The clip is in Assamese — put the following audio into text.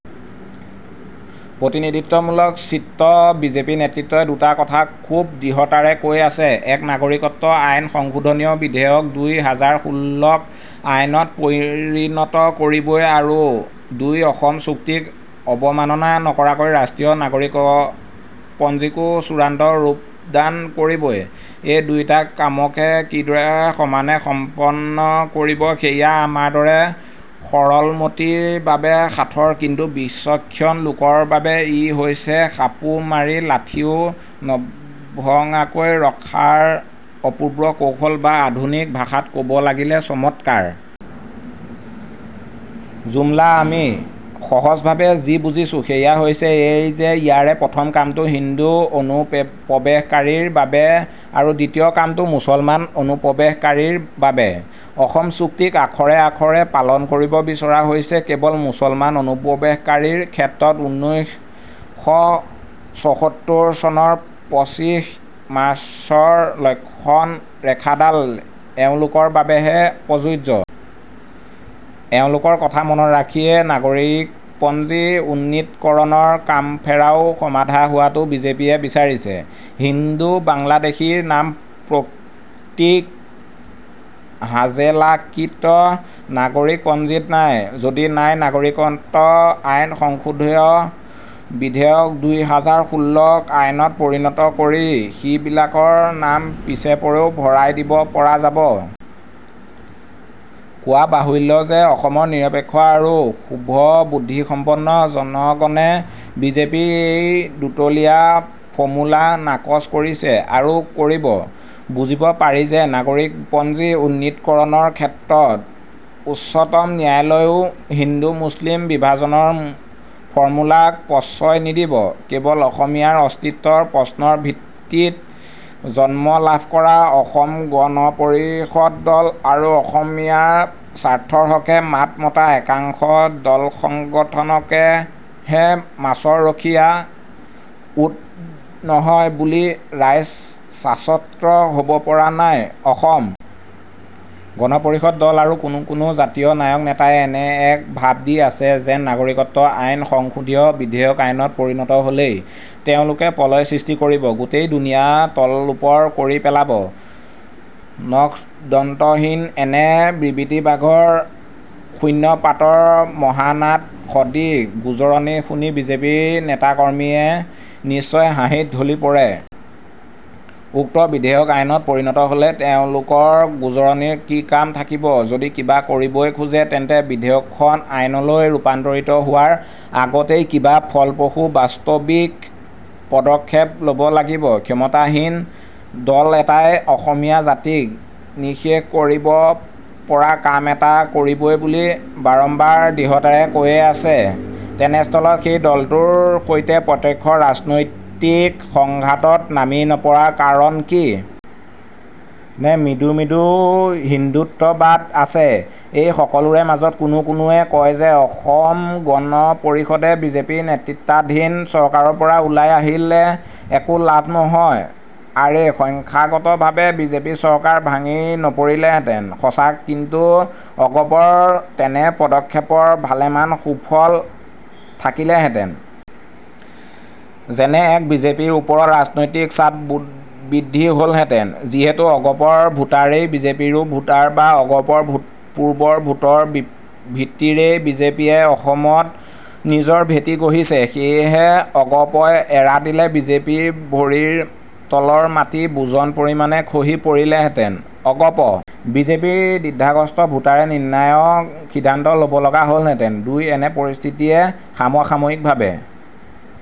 প্ৰতিনিধিত্বমূলক চিত্ৰ বিজেপি নেতৃত্বই দুটা কথা খুব দৃঢ়তাৰে কৈ আছে। এক- নাগৰিকত্ব আইন সংশোধনী বিধেয়ক দুই হাজাৰ ষোল্লক আইনত পৰিণত কৰিবই আৰু দুই- অসম চুক্তিক অৱমাননা নকৰাকৈ ৰাষ্ট্ৰীয় নাগৰিকপঞ্জীকো চূড়ান্ত ৰূপদান কৰিবই। এই দুয়োটা কামকে কিদৰে সমানে সম্পন্ন কৰিব সেয়া আমাৰ দৰে সৰলমতিৰ বাবে সাঁথৰ কিন্তু বিচক্ষণ লোকৰ বাবে ই হৈছে সাপো মাৰি লাঠীও নভঙাকৈ ৰখাৰ অপূৰ্ব কৌশল বা আধুনিক ভাষাত কব লাগিলে চমৎকাৰ । জুমলা আমি, সহজভাৱে যি বুজিছোঁ সেয়া হৈছে এই যে ইয়াৰে প্ৰথম কামটো হিন্দু অনুপ্ৰৱেশকাৰীৰ বাবে আৰু দ্বিতীয় কামটো মুছলমান অনুপ্ৰৱেশকাৰীৰ বাবে।‌অসম চুক্তিক আখৰে আখৰে পালন কৰিব বিচৰা হৈছে কেৱল মুছলমান অনুপ্ৰৱেশকাৰীৰ ক্ষেত্ৰত ঊনৈশ শ চৌসত্তৰ চনৰ পঁচিশ মাৰ্চৰ লক্ষণৰেখাডাল এওঁলোকৰ বাবেহে প্ৰযোজ্য। এওঁলোকৰ কথা মনত ৰাখিয়ে নাগৰিকপঞ্জী উন্নীতকৰণৰ কামফেৰাও সমাধা হোৱাটো বিজেপিয়ে বিচাৰিছে। হিন্দু বাংলাদেশীৰ নাম প্ৰতীক হাজেলাকৃত নাগৰিকপঞ্জীত নাই। যদি নাই নাগৰিকত্ব আইন সংশোধনী বিধেয়ক দুই হাজাৰ ষোল্লক আইনত পৰিণত কৰি সিবিলাকৰ নাম পিছেপৰেও ভৰাই দিব পৰা যাব। কোৱা বাহুল্য যে অসমৰ নিৰপেক্ষ আৰু শুভবুদ্ধিসম্পন্ন জনগণে বিজেপিৰ এই দুতলীয়া ফৰ্মুলা নাকচ কৰিছে আৰু কৰিব, বুজিব পাৰি যে নাগৰিকপঞ্জী উন্নীতকৰণৰ ক্ষেত্ৰত উচ্চতম ন্যায়ালয়েও হিন্দুমুছলিম বিভাজনৰ ফৰ্মুলাক প্ৰশ্ৰয় নিদিব। কেৱল অসমীয়াৰ অস্তিত্বৰ প্ৰশ্নৰ ভিত্তিত জন্ম লাভ কৰা অসম গণ পৰিষদ দল আৰু অসমীয়াৰ স্বাৰ্থৰ হকে মাত মতা একাংশ দলসংগঠনকহে মাছৰ ৰখীয়া, উদ নহয় বুলি ৰাইজ আশ্বস্ত হব পৰা নাই। অসম গণ পৰিষদ দল আৰু কোনো কোনো জাতীয় নায়ক নেতাই এনে এক ভাব দি আছে যেন নাগৰিকত্ব আইন সংশোধনী বিধেয়ক আইনত পৰিণত হ'লেই তেওঁলোকে প্ৰলয় সৃষ্টি কৰিব, গোটেই দুনিয়া তলওপৰ কৰি পেলাব। নখদন্তহীন এনে বিবৃতিবাঘৰ শূন্য পাত্ৰৰ মহানাদ সদৃশ গোঁজৰনি শুনি বিজেপিৰ নেতাকৰ্মীয়ে নিশ্চয় হাঁহিত ঢলি পৰে। উক্ত বিধেয়ক আইনত পৰিণত হ'লে এওঁলোকৰ গোঁজৰনিৰ কি কাম থাকিব যদি কিবা কৰিবই খোজে তেন্তে বিধেয়কখন আইনলৈ ৰূপান্তৰিত হোৱাৰ আগতেই কিবা ফলপ্ৰসূ বাস্তৱিক পদক্ষেপ লব লাগিব। ক্ষমতাসীন দল এটাই অসমীয়া জাতিক নিঃশেষ কৰিব পৰা কাম এটা কৰিবই বুলি বাৰম্বাৰ দৃঢ়তাৰে কৈয়েই আছে, তেনেস্থলত সেই দলটোৰ সৈতে প্ৰত্যক্ষ ৰাজনৈতিক সংঘাতত নামি নপৰাৰ কাৰণ কি? নে মৃদু মৃদু হিন্দুত্ববাদ আছে এই সকলোৰে মাজত, কোনো কোনোৱে কয় যে অসম গণ পৰিষদে বিজেপি নেতৃত্বাধীন চৰকাৰৰ পৰা ওলাই আহিলে একো লাভ নহয়। আৰে, সংখ্যাগতভাৱে বিজেপি চৰকাৰ ভাঙি নপৰিলহেঁতেন সঁচা কিন্তু অগপৰ তেনে পদক্ষেপৰ ভালেমান সুফল থাকিলেহেঁতেন। যেনে, এক -বিজেপিৰ ওপৰত ৰাজনৈতিক চাপ বৃদ্ধি হলহেঁতেন, যিহেতু অগপৰ ভোটাৰেই বিজেপিৰো ভোটাৰ বা অগপৰ পূৰ্বৰ ভোটৰ ভিত্তিৰেই বিজেপিয়ে অসমত নিজৰ ভেটি গঢ়িছে। সেয়েহে অগপই এৰা দিলে বিজেপিৰ ভৰিৰ তলৰ মাটি বুজন পৰিমাণে খহি পৰিলহেঁতেন। অগপ বিজেপিৰ দ্বিধাগ্ৰস্ত ভোটাৰে নিৰ্ণায়ক সিদ্ধান্ত ল'ব লগা হলহেঁতেন। দুই- এনে পৰিস্থিতিয়ে সাময়িকভাৱে